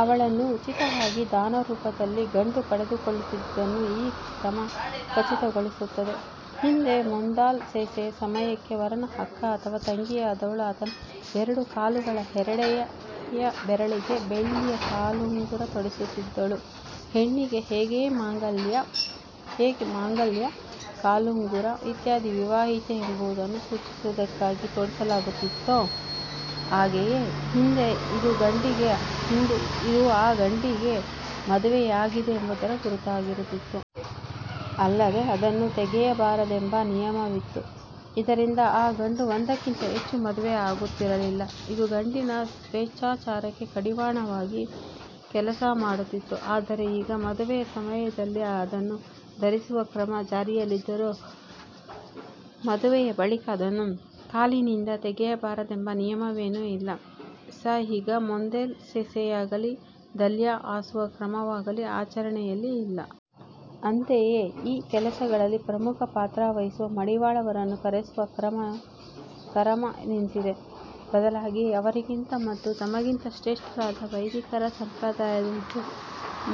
ಅವಳನ್ನು ಉಚಿತವಾಗಿ ದಾನರೂಪದಲ್ಲಿ ಗಂಡು ಪಡೆದುಕೊಳ್ಳುತ್ತಿದ್ದುದನ್ನು ಈ ಕ್ರಮ ಖಚಿತಗೊಳಿಸುತ್ತದೆ. ಹಿಂದೆ ಮೋಂದಲ್ ಸೇಸೆಯ ಸಮಯಕ್ಕೆ ವರನ ಅಕ್ಕ ಅಥವಾ ತಂಗಿಯಾದವಳು ಆತನ ಎರಡೂ ಕಾಲುಗಳ ಎರಡೆಯ ಬೆರಳಿಗೆ ಬೆಳ್ಳಿಯ ಕಾಲುಂಗುರ ತೊಡಿಸುತ್ತಿದ್ದಳು. ಹೆಣ್ಣಿಗೆ ಹೇಗೆ ಮಾಂಗಲ್ಯ, ಕಾಲುಂಗುರ ಇತ್ಯಾದಿಗಳು ವಿವಾಹಿತೆ ಎಂಬುದನ್ನು ಸೂಚಿಸುವುದಕ್ಕಾಗಿ ತೊಡಿಸಲಾಗುತ್ತಿತ್ತೋ ಹಾಗೆಯೇ ಹಿಂದೆ ಇದು ಆ ಗಂಡಿಗೆ ಮದುವೆಯಾಗಿದೆ ಎಂಬುದರ ಗುರುತಾಗಿರುತ್ತಿತ್ತು. ಅಲ್ಲದೆ ಅದನ್ನು ತೆಗೆಯಬಾರದೆಂಬ ನಿಯಮವಿತ್ತು. ಇದರಿಂದ ಆ ಗಂಡು ಒಂದಕ್ಕಿಂತ ಹೆಚ್ಚು ಮದುವೆ ಆಗುತ್ತಿರಲಿಲ್ಲ. ಇದು ಗಂಡಿನ ಸ್ವೇಚ್ಚಾಚಾರಕ್ಕೆ ಕಡಿವಾಣವಾಗಿ ಕೆಲಸ ಮಾಡುತ್ತಿತ್ತು. ಆದರೆ ಈಗ ಮದುವೆಯ ಸಮಯದಲ್ಲಿ ಅದನ್ನು ಧರಿಸುವ ಕ್ರಮ ಜಾರಿಯಲ್ಲಿದ್ದರೂ ಮದುವೆಯ ಬಳಿಕ ಅದನ್ನು ಕಾಲಿನಿಂದ ತೆಗೆಯಬಾರದೆಂಬ ನಿಯಮವೇನೂ ಇಲ್ಲ. ಸ ಈಗ ಮೋಂದೆಲ್ ಸೇಸೆಯಾಗಲೀ ದಲ್ಯ ಹಾಸುವ ಕ್ರಮವಾಗಲೀ ಆಚರಣೆಯಲ್ಲಿ ಇಲ್ಲ. ಅಂತೆಯೇ ಈ ಕೆಲಸಗಳಲ್ಲಿ ಪ್ರಮುಖ ಪಾತ್ರ ವಹಿಸುವ ಮಡಿವಾಳರನ್ನು ಕರೆಸುವ ಕರಮ ನಿಂತಿದೆ. ಬದಲಾಗಿ ಅವರಿಗಿಂತ ಮತ್ತು ತಮಗಿಂತ ಶ್ರೇಷ್ಠರಾದ ವೈದಿಕರ ಸಂಪ್ರದಾಯದಂತೆ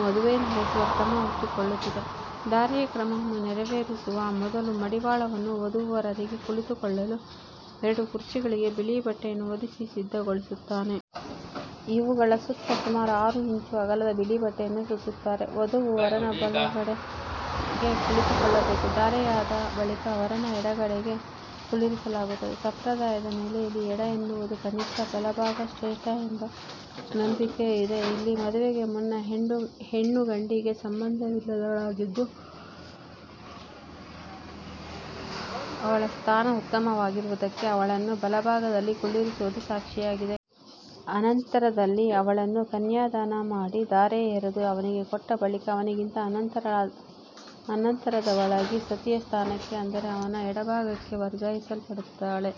ಮದುವೆ ನಡೆಸುವ ಕ್ರಮ ಹುಟ್ಟಿಕೊಳ್ಳುತ್ತಿದೆ. ಧಾರೆಯ ಕ್ರಮವನ್ನು ನೆರೆವೇರಿಸುವ ಮೊದಲು ಮಡಿವಾಳನು ವಧೂವರರಿಗೆ ಕುಳಿತುಕೊಳ್ಳಲು ಎರಡು ಕುರ್ಚಿಗಳಿಗೆ ಬಿಳಿಬಟ್ಟೆಯನ್ನು ಹೊದಿಸಿ ಸಿದ್ಧಗೊಳಿಸುತ್ತಾನೆ. ಇವುಗಳ ಸುತ್ತ ಸುಮಾರು ಆರು ಇಂಚು ಅಗಲದ ಬಿಳಿಬಟ್ಟೆಯನ್ನು ಸುತ್ತುತ್ತಾರೆ. ವಧುವು ವರನ ಬಲಗಡೆಗೆ ಕುಳಿತುಕೊಳ್ಳಬೇಕು. ಧಾರೆಯಾದ ಬಳಿಕ ವರನ ಎಡಗಡೆಗೆ ಕುಳ್ಳಿರಿಸಲಾಗುತ್ತದೆ. ಸಂಪ್ರದಾಯದ ನೆಲೆಯಲ್ಲಿ ಎಡ ಎನ್ನುವುದು ಕನಿಷ್ಠ, ಬಲಭಾಗ ಶ್ರೇಷ್ಠ ಎಂಬ ನಂಬಿಕೆ ಇದೆ. ಇಲ್ಲಿ ಮದುವೆಗೆ ಮುನ್ನ ಹೆಣ್ಣು ಗಂಡಿಗೆ ಸಂಬಂಧವಿಲ್ಲದವಳಾಗಿದ್ದು, ಅವಳ ಸ್ಥಾನ ಉತ್ತಮವಾಗಿರುವುದಕ್ಕೆ ಅವಳನ್ನು ಬಲಭಾಗದಲ್ಲಿ ಕುಳ್ಳಿರಿಸುವುದು ಸಾಕ್ಷಿಯಾಗಿದೆ. ಅನಂತರದಲ್ಲಿ ಅವಳನ್ನು ಕನ್ಯಾಧಾನ ಮಾಡಿ ಧಾರೆ ಎರದು ಅವನಿಗೆ ಕೊಟ್ಟ ಬಳಿಕ ಅವನಿಗಿಂತ ಅನಂತರದವಳಾಗಿ ಸತಿಯ ಸ್ಥಾನಕ್ಕೆ ಅಂದರೆ ಅವನ ಎಡಭಾಗಕ್ಕೆ ವರ್ಗಾಯಿಸಲ್ಪಡುತ್ತಾಳೆ.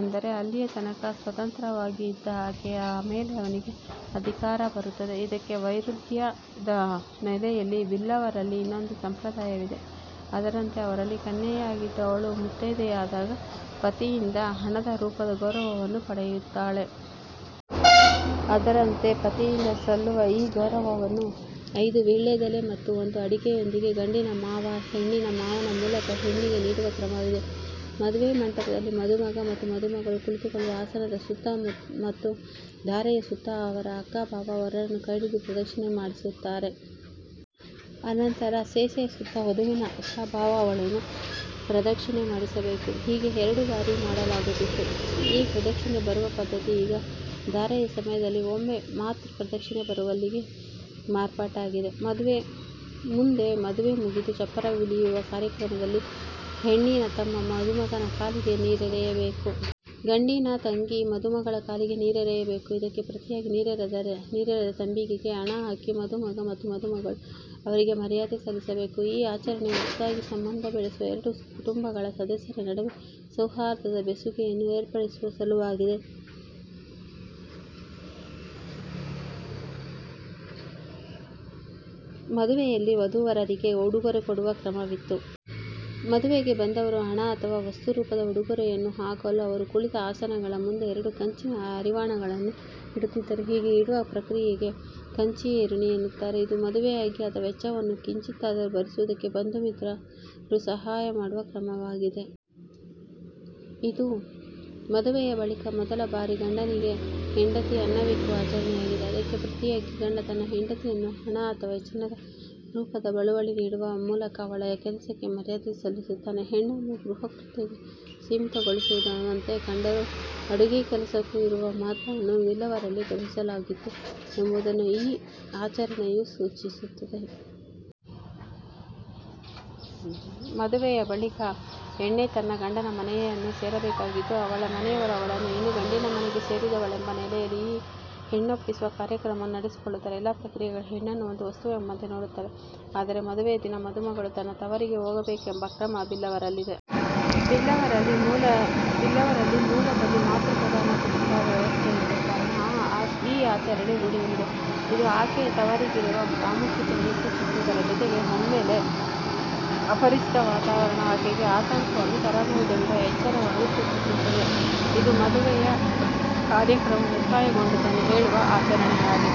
ಅಂದರೆ ಅಲ್ಲಿಯತನಕ ಸ್ವತಂತ್ರವಾಗಿ ಇದ್ದ ಆಕೆಯ ಮೇಲೆ ಅವನಿಗೆ ಅಧಿಕಾರ ಬರುತ್ತದ. ಇದಕ್ಕೆ ವೈರುಧ್ಯದ ನೆಲೆಯಲ್ಲಿ ಬಿಲ್ಲವರಲ್ಲಿ ಇನ್ನೊಂದು ಸಂಪ್ರದಾಯವಿದೆ. ಅದರಂತೆ ಅವರಲ್ಲಿ ಕನ್ಯೆಯಾಗಿದ್ದವಳು ಮುತ್ತೈದೆಯಾದಾಗ ಪತಿಯಿಂದ ಹಣದ ರೂಪದ ಗೌರವವನ್ನು ಪಡೆಯುತ್ತಾಳೆ. ಅದರಂತೆ ಪತಿಯಿಂದ ಸಲ್ಲುವ ಈ ಗೌರವವನ್ನು ಐದು ವೀಳ್ಯದೆಲೆ ಮತ್ತು ಒಂದು ಅಡಿಕೆಯೊಂದಿಗೆ ಗಂಡಿನ ಮಾವ ಹೆಣ್ಣಿನ ಮಾವನ ಮೂಲಕ ಹೆಣ್ಣಿಗೆ ನೀಡುವ ಕ್ರಮವಿದೆ. ಮದುವೆ ಮಂಟಪದಲ್ಲಿ ಮದುಮಗ ಮತ್ತು ಮದುಮಗಳು ಕುಳಿತುಕೊಳ್ಳುವ ಆಸನದ ಸುತ್ತ ಮತ್ತು ಧಾರೆಯ ಸುತ್ತ ಅವರ ಅಕ್ಕ-ಭಾವ ವರನನ್ನು ಕೈಹಿಡಿದು ಪ್ರದಕ್ಷಿಣೆ ಮಾಡಿಸುತ್ತಾರೆ. ಅನಂತರ ಸೇಸೆಯ ಸುತ್ತ ವಧುವಿನ ಅಕ್ಕ ಭಾವ ಅವಳನ್ನು ಪ್ರದಕ್ಷಿಣೆ ಮಾಡಿಸಬೇಕು. ಹೀಗೆ ಎರಡು ಬಾರಿ ಮಾಡಲಾಗುತ್ತಿದ್ದ ಈ ಪ್ರದಕ್ಷಿಣೆ ಬರುವ ಪದ್ಧತಿ ಈಗ ಧಾರೆಯ ಸಮಯದಲ್ಲಿ ಒಮ್ಮೆ ಮಾತ್ರ ಪ್ರದಕ್ಷಿಣೆ ಬರುವಲ್ಲಿಗೆ ಮಾರ್ಪಾಟಾಗಿದೆ. ಮುಂದೆ ಮದುವೆ ಮುಗಿದು ಚಪ್ಪರವಿಳಿಯುವ ಕಾರ್ಯಕ್ರಮದಲ್ಲಿ ಹೆಣ್ಣಿನ ತಮ್ಮ ಮದುಮಗನ ಕಾಲಿಗೆ ನೀರೆರೆಯಬೇಕು. ಗಂಡಿನ ತಂಗಿ ಮದುಮಗಳ ಕಾಲಿಗೆ ನೀರೆರೆಯಬೇಕು. ಇದಕ್ಕೆ ಪ್ರತಿಯಾಗಿ ನೀರೆರೆದ ತಂಬಿಗೆಗೆ ಹಣ ಹಾಕಿ ಮದುಮಗ ಮತ್ತು ಮದುಮಗಳು ಅವರಿಗೆ ಮರ್ಯಾದೆ ಸಲ್ಲಿಸಬೇಕು. ಈ ಆಚರಣೆಯು ಹೊಸದಾಗಿ ಸಂಬಂಧ ಬೆಳೆಸುವ ಎರಡು ಕುಟುಂಬಗಳ ಸದಸ್ಯರ ನಡುವೆ ಸೌಹಾರ್ದದ ಬೆಸುಗೆಯನ್ನು ಏರ್ಪಡಿಸುವ ಸಲುವಾಗಿದೆ. ಮದುವೆಯಲ್ಲಿ ವಧೂವರರಿಗೆ ಉಡುಗೊರೆ ಕೊಡುವ ಕ್ರಮವಿತ್ತು. ಮದುವೆಗೆ ಬಂದವರು ಹಣ ಅಥವಾ ವಸ್ತು ರೂಪದ ಉಡುಗೊರೆಯನ್ನು ಹಾಕಲು ಅವರು ಕುಳಿತ ಆಸನಗಳ ಮುಂದೆ ಎರಡು ಕಂಚಿನ ಹರಿವಾಣಗಳನ್ನು ಇಡುತ್ತಿದ್ದರು. ಹೀಗೆ ಇಡುವ ಪ್ರಕ್ರಿಯೆಗೆ ಕಂಚಿ ಏರುನಿ ಎನ್ನುತ್ತಾರೆ. ಇದು ಮದುವೆಯಾಗಿ ಆದ ವೆಚ್ಚವನ್ನು ಕಿಂಚಿತ್ತಾದರೂ ಭರಿಸುವುದಕ್ಕೆ ಬಂಧು- ಮಿತ್ರರು ಸಹಾಯ ಮಾಡುವ ಕ್ರಮವಾಗಿದೆ. ಇದು ಮದುವೆಯ ಬಳಿಕ ಮೊದಲ ಬಾರಿ ಗಂಡನಿಗೆ ಹೆಂಡತಿ ಅನ್ನವಿಕ್ಕುವ ಆಚರಣೆಯಾಗಿದೆ. ಅದಕ್ಕೆ ಪ್ರತಿಯಾಗಿ ಗಂಡ ತನ್ನ ಹೆಂಡತಿಯನ್ನು ಹಣ ಅಥವಾ ಚಿನ್ನದ ರೂಪದ ಬಳುವಳಿ ನೀಡುವ ಮೂಲಕ ಅವಳ ಕೆಲಸಕ್ಕೆ ಮರ್ಯಾದೆ ಸಲ್ಲಿಸುತ್ತಾನೆ. ಹೆಣ್ಣನ್ನು ಗೃಹಕೃತ್ಯಕ್ಕೆ ಸೀಮಿತಗೊಳಿಸುವಂತೆ ಕಂಡರೂ ಅಡುಗೆ ಕೆಲಸಕ್ಕೂ ಇರುವ ಮಹತ್ವವನ್ನು ಬಿಲ್ಲವರಲ್ಲಿ ಗ್ರಹಿಸಲಾಗಿತ್ತು ಎಂಬುದನ್ನು ಈ ಆಚರಣೆಯು ಸೂಚಿಸುತ್ತದೆ. ಮದುವೆಯ ಬಳಿಕ ಹೆಣ್ಣೆ ತನ್ನ ಗಂಡನ ಮನೆಯನ್ನು ಸೇರಬೇಕಾಗಿದ್ದು, ಅವಳ ಮನೆಯವರು ಅವಳನ್ನು ಇನ್ನು ಗಂಡಿನ ಮನೆಗೆ ಸೇರಿದವಳೆಂಬ ನೆಲೆಯಲ್ಲಿ ಈ ಹೆಣ್ಣೊಪ್ಪಿಸುವ ಕಾರ್ಯಕ್ರಮವನ್ನು ನಡೆಸಿಕೊಳ್ಳುತ್ತಾರೆ. ಎಲ್ಲ ಪ್ರಕ್ರಿಯೆಗಳು ಹೆಣ್ಣನ್ನು ಒಂದು ವಸ್ತುವೆಂಬಂತೆ ನೋಡುತ್ತವೆ. ಆದರೆ ಮದುವೆಯ ದಿನ ಮದುಮಗಳು ತನ್ನ ತವರಿಗೇ ಹೋಗಬೇಕೆಂಬ ಕ್ರಮ ಬಿಲ್ಲವರಲ್ಲಿದೆ. ಬಿಲ್ಲವರಲ್ಲಿ ಮೂಲದಲ್ಲಿ ಮಾತೃಪ್ರಧಾನ ಕುಟುಂಬ ವ್ಯವಸ್ಥೆಯಿದ್ದ ಕಾರಣ ಈ ಆಚರಣೆ ರೂಢಿಯಲ್ಲಿದೆ. ಇದು ಆಕೆಯ ತವರಿಗಿರುವ ಪ್ರಾಮುಖ್ಯತೆಯನ್ನು ಸೂಚಿಸುವುದರ ಜೊತೆಗೆ ಒಮ್ಮೆಲೇ ಅಪರಿಚಿತ ವಾತಾವರಣ ಆಕೆಗೆ ಆತಂಕವನ್ನು ತರಬಹುದೆಂಬ ಎಚ್ಚರವನ್ನೂ ಸೂಚಿಸುತ್ತದೆ. ಇದು ಮದುವೆಯ ಕಾರ್ಯಕ್ರಮ ಮುಕ್ತಾಯಗೊಂಡುದನ್ನು ಹೇಳುವ ಆಚರಣೆಯಾಗಿದೆ.